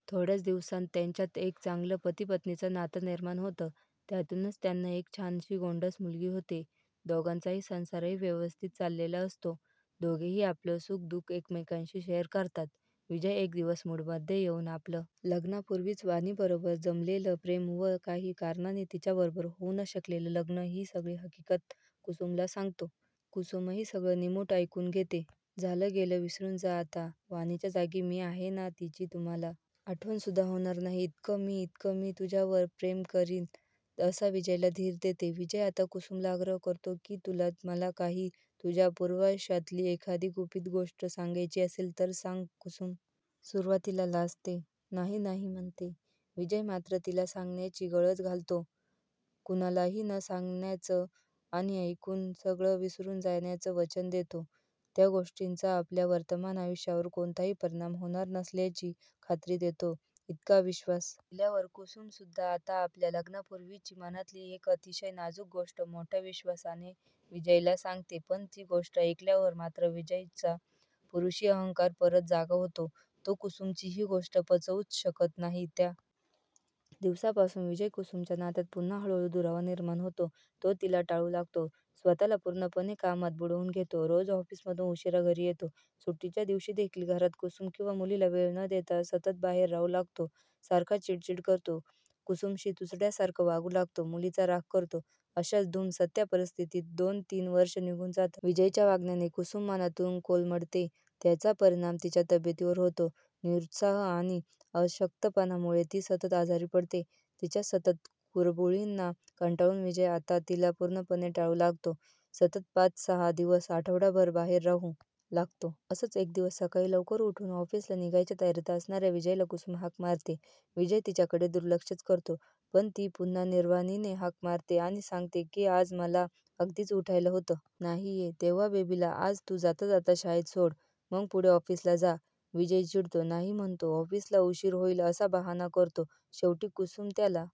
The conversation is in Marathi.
थोड्याच दिवसांत त्यांच्यात एक चांगलं पती-पत्नीच नातं निर्माण होतं, त्यातूनच त्यांना एक छानशी गोंडस मुलगी होते, दोघांचाही संसारही व्यवस्थित चाललेला असतो, दोघेही आपली सुख-दुख एकमेकांशी शेअर करतात, विजय एक दिवस मूडमध्ये येउन आपलं लग्नापूर्वीच वीणाबरोबर जमलेलं प्रेम व काही कारणांनी तिच्याबरोबर होऊ न शकलेलं लग्न ही सगळी हकीकत कुसुमला सांगतो, कुसुमही सगळं निमूट ऐकून घेते, झालं गेलं विसरून जा आता वीणाच्या जागी मी आहेना तिची तुम्हाला आठवण सुद्धा होणार नाही इतक मी इतकं मी तुमच्यावर प्रेम करीन असा विजयला धीर देते, विजय आता कुसुमला आग्रह करतो कि तुला मला काही तुझ्या पूर्वायुष्यातली एखादी गुपित-गोष्ट सांगायची असेल तर सांग, कुसुम सुरवातीला लाजते, नाही-नाही म्हणते, विजय मात्र तिला सांगण्याची गळचं घालतो, कोणालाही न सांगण्याच आणि ऐकून सगळं विसरून जाण्याचं वचन देतो, त्या गोष्टीचा आपल्या वर्तमान आयुष्यावर कोणताही परिणाम होणार नसल्याची खात्री देतो, इतका विश्वास दिल्यावर कुसुमसुद्धा आता आपल्या लग्नापूर्वीची मनातली एक अतिशय नाजूक गोष्ट मोठ्या विश्वासाने विजयाला सांगते पण ती गोष्ट ऐकल्यावर मात्र विजयचा पुरुषी अहंकार परत जागा होतो, तो कुसुमची ही गोष्ट पचवूच शकत नाही, त्या दिवसापासून विजय-कुसुमच्या नात्यात पुन्हा हळूहळू दुरावा निर्माण होतो, तो तिला टाळू लागतो, स्वतःला पूर्णपणे कामात बुडवून घेतो, रोज ऑफिसमधून उशिरा घरी येतो, सुट्टीच्या दिवशीदेखील घरात कुसुम किवा मुलीला वेळ न देता सतत बाहेर राहु लागतो, सारखा चिडचिड करतो, कुसुमशी तुसड्यासारखं वागू लागतो, मुलीचा राग करतो, अशाच धुमसत्या परिस्थितीत दोन तीन वर्ष निघून जातात. विजयच्या वागण्याने कुसुम मनातून कोलमडते, त्याचा परिणाम तिच्या तब्येतीवर होतो, निरुत्साह आणी अशक्तपणामुळे ती सतत आजारी पडते, तिच्या सततच्या कुरबुरीना कंटाळून विजय आता तिला पूर्णपणे टाळू लागतो, सतत पाच-सहा दिवस, आठवडाभर बाहेर राहू लागतो, असंच एक दिवस सकाळी लवकर उठून ऑफिसला निघायच्या तयारीत असणाऱ्या विजयला कुसुम हाक मारते, विजय तिच्याकडे दुर्लक्षचं करतो, पण ती पुन्हा निर्वाणीने हाक मारते आणि सांगते की आज मला अगदीच उठायला होत नाहीय, तेव्हा बेबीला आज तू जाताजाता शाळेत सोड, मग पुढे ऑफिसला जा, विजय चिडतो, नाही म्हणतो, ऑफिसला उशीर होईल असा बहाणा करतो, शेवटी कुसुम त्याला